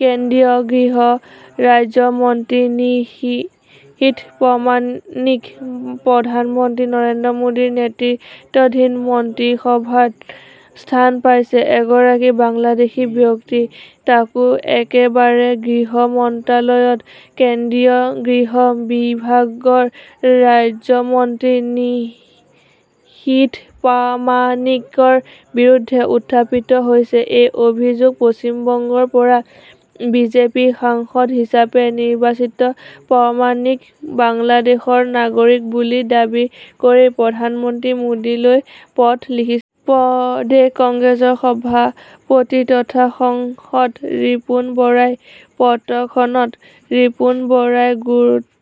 কেন্দ্ৰীয় গৃহ ৰাজ্য মন্ত্ৰী নিশীথ প্ৰমানিক প্ৰধানমন্ত্ৰী নৰেন্দ্ৰ মোদী নেতৃত্বধীন মন্ত্ৰীসভাত স্থান পাইছে। এগৰাকী বাংলাদেশী ব্যক্তি তাকো একেবাৰে গৃহ মন্ত্ৰ্যালয়ত কেন্দ্ৰীয় গৃহ বিভাগৰ ৰাজ্যমন্ত্ৰী নিশীথ প্ৰামানিকৰ বিৰুদ্ধে উত্থাপিত হৈছে। এই অভিযোগ পশ্চিমবংগৰ পৰা বিজেপি সাংসদ হিচাপে নিৰ্বাচিত প্ৰমানিক বাংলাদেশৰ নাগৰিক বুলি দাবী কৰি প্ৰধানমন্ত্ৰী মোদীলৈ পত্ৰ লিখিছে। প্ৰদেশ কংগ্ৰেছৰ সভাপতি তথা সংসদ ৰিপুন বৰাই পত্ৰখনত ৰিপুন বৰাই গুৰুতৰ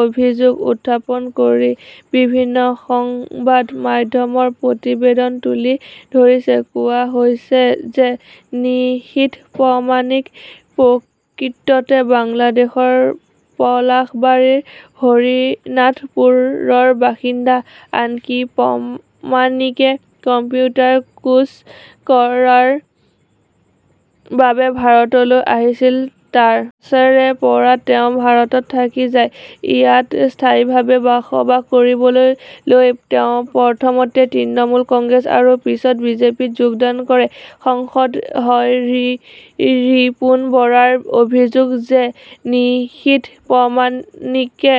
অভিযোগ উত্থাপন কৰি বিভিন্ন সংবাদ মাধ্যমৰ প্ৰতিবেদন তুলি ধৰিছে। কোৱা হৈছে যে নিশীথ প্ৰমানিক প্ৰকৃততে বাংলাদেশৰ পলাশবাৰীৰ হৰিনাথপুৰৰ বাসিন্দা। আনকি প্ৰমানিকে কম্পিউটাৰ কোৰ্চ কৰাৰ বাবে ভাৰতলৈ আহিছিল। তাৰ পাছৰে পৰা তেওঁ ভাৰতত থাকি যায়। ইয়াত স্থায়ীভাৱে বসবাস কৰিবলৈ লৈ তেওঁ প্ৰথমতে তৃণমূল কংগ্ৰেছ আৰু পিছত বিজেপিত যোগদান কৰে ।সাংসদ হয়ৰিপুন বৰাৰ অভিযোগ যে নিশীথ প্ৰমানিকে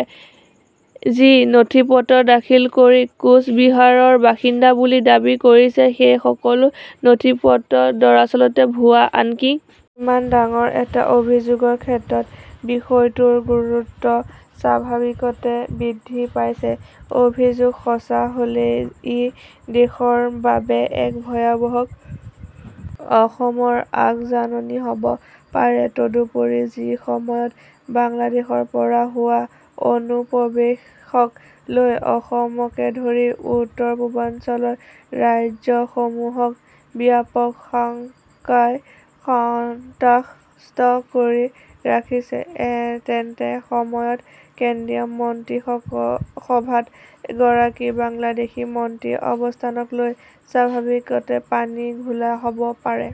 যি নথিপত্ৰ দাখিল কৰি কোচবিহাৰৰ বাসিন্দা বুলি দাবী কৰিছে সেই সকলো নথিপত্ৰ দৰাচলতে ভুৱা। আনকি ইমান ডাঙৰ এটা অভিযোগৰ ক্ষেত্ৰত বিষয়টোৰ গুৰুত্ব স্বাভাৱিকতে বৃদ্ধি পাইছে। অভিযোগ সঁচা হলে ই দেশৰ বাবে এক ভয়াবহ অসমৰ আগ-জাননী হ'ব পাৰে। তদুপৰি যিসময়ত বাংলাদেশৰ পৰা হোৱা অনুপ্ৰৱেশক লৈ অসমকে ধৰি উত্তৰ-পূৰ্বাঞ্চলৰ ৰাজ্যসমূহক ব্যাপক শংকাই সন্ত্ৰস্ত কৰি ৰাখিছে ,তেনে সময়ত কেন্দ্ৰীয় মন্ত্ৰীসভাত এগৰাকী বাংলাদেশী মন্ত্ৰীৰ অৱস্থানক লৈ স্বাভাৱিকতে পানী ঘোলা হ'ব পাৰে।